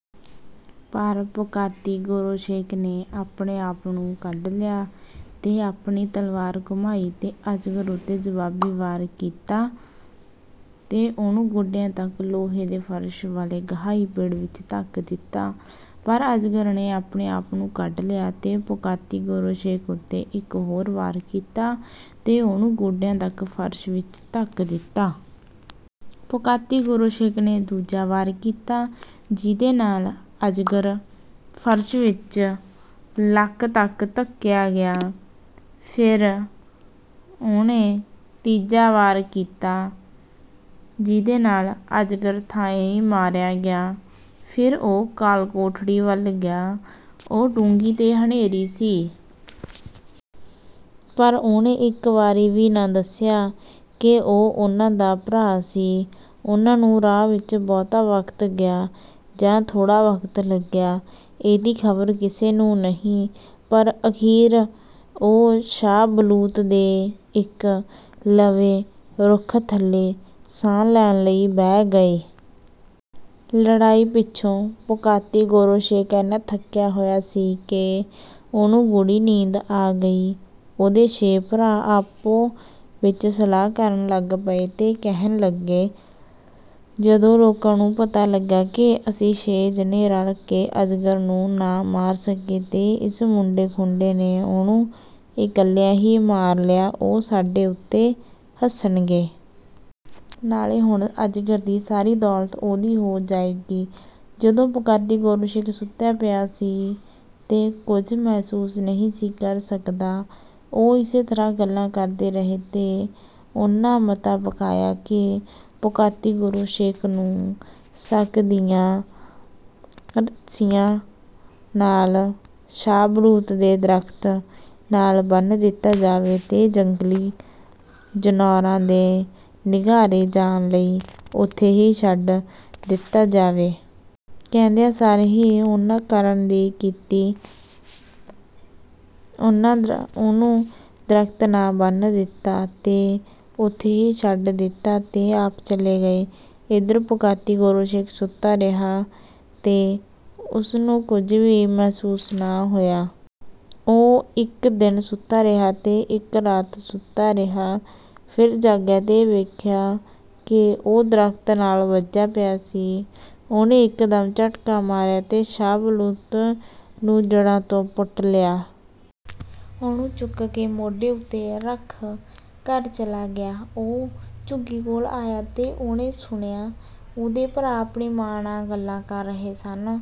ਪਰ ਪੋਕਾਤੀ-ਗੋਰੋਸ਼ੇਕ ਨੇ ਆਪਣੇ ਆਪ ਨੂੰ ਕੱਢ ਲਿਆ ਤੇ ਆਪਣੀ ਤਲਵਾਰ ਘੁਮਾਈ ਤੇ ਅਜਗਰ ਉੱਤੇ ਜਵਾਬੀ ਵਾਰ ਕੀਤਾ ਤੇ ਉਹਨੂੰ ਗੋਡਿਆਂ ਤੱਕ ਲੋਹੇ ਦੇ ਫ਼ਰਸ਼ ਵਾਲੇ ਗਹਾਈ-ਪਿੜ ਵਿੱਚ ਧੱਕ ਦਿੱਤਾ। ਪਰ ਅਜਗਰ ਨੇ ਆਪਣੇ ਆਪ ਨੂੰ ਕੱਢ ਲਿਆ ਤੇ ਪੋਕਾਤੀ-ਗੋਰੋਸ਼ੇਕ ਉੱਤੇ ਇੱਕ ਹੋਰ ਵਾਰ ਕੀਤਾ ਤੇ ਉਹਨੂੰ ਗੋਡਿਆਂ ਤੱਕ ਫ਼ਰਸ਼ ਵਿੱਚ ਧੱਕ ਦਿੱਤਾ। ਪੋਕਾਤੀ-ਗੋਰੋਸ਼ੇਕ ਨੇ ਦੂਜਾ ਵਾਰ ਕੀਤਾ, ਜਿਹਦੇ ਨਾਲ ਅਜਗਰ ਫ਼ਰਸ਼ ਵਿੱਚ ਲੱਕ ਤੱਕ ਧੱਕਿਆ ਗਿਆ। ਫਿਰ ਉਹਨੇ ਤੀਜਾ ਵਾਰ ਕੀਤਾ, ਜਿਹਦੇ ਨਾਲ ਅਜਗਰ ਥਾਂਏਂ ਹੀ ਮਾਰਿਆ ਗਿਆ। ਫਿਰ ਉਹ ਕਾਲ-ਕੋਠੜੀ ਵੱਲ ਗਿਆ। ਉਹ ਡੂੰਘੀ ਤੇ ਹਨੇਰੀ ਸੀ। ਪਰ ਉਹਨੇ ਇੱਕ ਵਾਰੀ ਵੀ ਨਾ ਦੱਸਿਆ ਕਿ ਉਹ ਉਹਨਾਂ ਦਾ ਭਰਾ ਸੀ। ਉਹਨਾਂ ਨੂੰ ਰਾਹ ਵਿੱਚ ਬਹੁਤਾ ਵਕਤ ਗਿਆ ਜਾਂ ਥੋੜ੍ਹਾ ਵਕਤ ਲੱਗਿਆ, ਇਹਦੀ ਖ਼ਬਰ ਕਿਸੇ ਨੂੰ ਨਹੀਂ। ਪਰ ਅਖ਼ੀਰ ਉਹ ਸ਼ਾਹ ਬਲੂਤ ਦੇ ਇੱਕ ਲਵੇਂ ਰੁੱਖ ਥੱਲੇ ਸਾਹ ਲੈਣ ਲਈ ਬਹਿ ਗਏ। ਲੜਾਈ ਪਿੱਛੋਂ ਪੋਕਾਤੀ-ਗੋਰੋਸ਼ੇਕ ਐਨਾ ਥੱਕਿਆ ਹੋਇਆ ਸੀ ਕਿ ਉਹਨੂੰ ਗੂੜ੍ਹੀ ਨੀਂਦ ਆ ਗਈ। ਉਹਦੇ ਛੇ ਭਰਾ ਆਪੋ ਵਿੱਚ ਸਲਾਹ ਕਰਨ ਲੱਗ ਪਏ ਤੇ ਕਹਿਣ ਲੱਗੇ, “ਜਦੋਂ ਲੋਕਾਂ ਨੂੰ ਪਤਾ ਲੱਗਾ ਕਿ ਅਸੀਂ ਛੇ ਜਣੇ ਰਲ ਕੇ ਅਜਗਰ ਨੂੰ ਨਾ ਮਾਰ ਸਕੇ ਤੇ ਇਸ ਮੁੰਡੇ-ਖੁੰਡੇ ਨੇ ਉਹਨੂੰ ਇਕੱਲਿਆਂ ਹੀ ਮਾਰ ਲਿਆ, ਉਹ ਸਾਡੇ ਉੱਤੇ ਹੱਸਣਗੇ। ਨਾਲੇ ਹੁਣ ਅਜਗਰ ਦੀ ਸਾਰੀ ਦੌਲਤ ਉਹਦੀ ਹੋ ਜਾਏਗੀ।” ਜਦੋਂ ਪੋਕਾਤੀ-ਗੋਰੋਸ਼ੇਕ ਸੁੱਤਾ ਪਿਆ ਸੀ ਤੇ ਕੁਝ ਮਹਿਸੂਸ ਨਹੀਂ ਸੀ ਕਰ ਸਕਦਾ, ਉਹ ਇਸ ਤਰ੍ਹਾਂ ਗੱਲਾਂ ਕਰਦੇ ਰਹੇ ਤੇ ਉਹਨਾਂ ਮਤਾ ਪਕਾਇਆ ਕਿ ਪੋਕਾਤੀ-ਗੋਰੋਸ਼ੇਕ ਨੂੰ ਸਕ ਦੀਆਂ ਰੱਸੀਆਂ ਨਾਲ ਸ਼ਾਹ ਬਲੂਤ ਦੇ ਦਰਖ਼ਤ ਨਾਲ ਬੰਨ੍ਹ ਦਿੱਤਾ ਜਾਵੇ ਤੇ ਜੰਗਲੀ ਜਨੌਰਾਂ ਦੇ ਨਿਘਾਰੇ ਜਾਣ ਲਈ ਓਥੇ ਹੀ ਛੱਡ ਦਿੱਤਾ ਜਾਵੇ। ਕਹਿੰਦਿਆਂ ਸਾਰ ਹੀ ਉਹਨਾਂ ਕਰਨ ਦੀ ਕੀਤੀ। ਉਹਨਾਂ ਉਹਨੂੰ ਦਰਖ਼ਤ ਨਾਲ ਬੰਨ੍ਹ ਦਿੱਤਾ ਤੇ ਓਥੇ ਹੀ ਛੱਡ ਦਿੱਤਾ ਤੇ ਆਪ ਚਲੇ ਗਏ। ਏਧਰ ਪੋਕਾਤੀ-ਗੋਰੋਸ਼ੇਕ ਸੁੱਤਾ ਰਿਹਾ ਤੇ ਉਸਨੂੰ ਕੁਝ ਵੀ ਮਹਿਸੂਸ ਨਾ ਹੋਇਆ। ਉਹ ਇੱਕ ਦਿਨ ਸੁੱਤਾ ਰਿਹਾ ਤੇ ਇੱਕ ਰਾਤ ਸੁੱਤਾ ਰਿਹਾ। ਫਿਰ ਜਾਗਿਆ ਤੇ ਵੇਖਿਆ ਕਿ ਉਹ ਦਰਖ਼ਤ ਨਾਲ ਬੱਝਾ ਪਿਆ ਸੀ। ਉਹਨੇ ਇੱਕਦਮ ਝਟਕਾ ਮਾਰਿਆ ਤੇ ਸ਼ਾਹ ਬਲੂਤ ਨੂੰ ਜੜ੍ਹਾਂ ਤੋਂ ਪੁੱਟ ਲਿਆ। ਉਹਨੂੰ ਚੁੱਕ ਕੇ ਮੋਢੇ ਉੱਤੇ ਰੱਖ ਘਰ ਚਲਾ ਗਿਆ। ਉਹ ਝੁੱਗੀ ਕੋਲ ਆਇਆ ਤੇ ਉਹਨੇ ਸੁਣਿਆ, ਉਹਦੇ ਭਰਾ ਆਪਣੀ ਮਾਂ ਨਾਲ ਗੱਲਾਂ ਕਰ ਰਹੇ ਸਨ।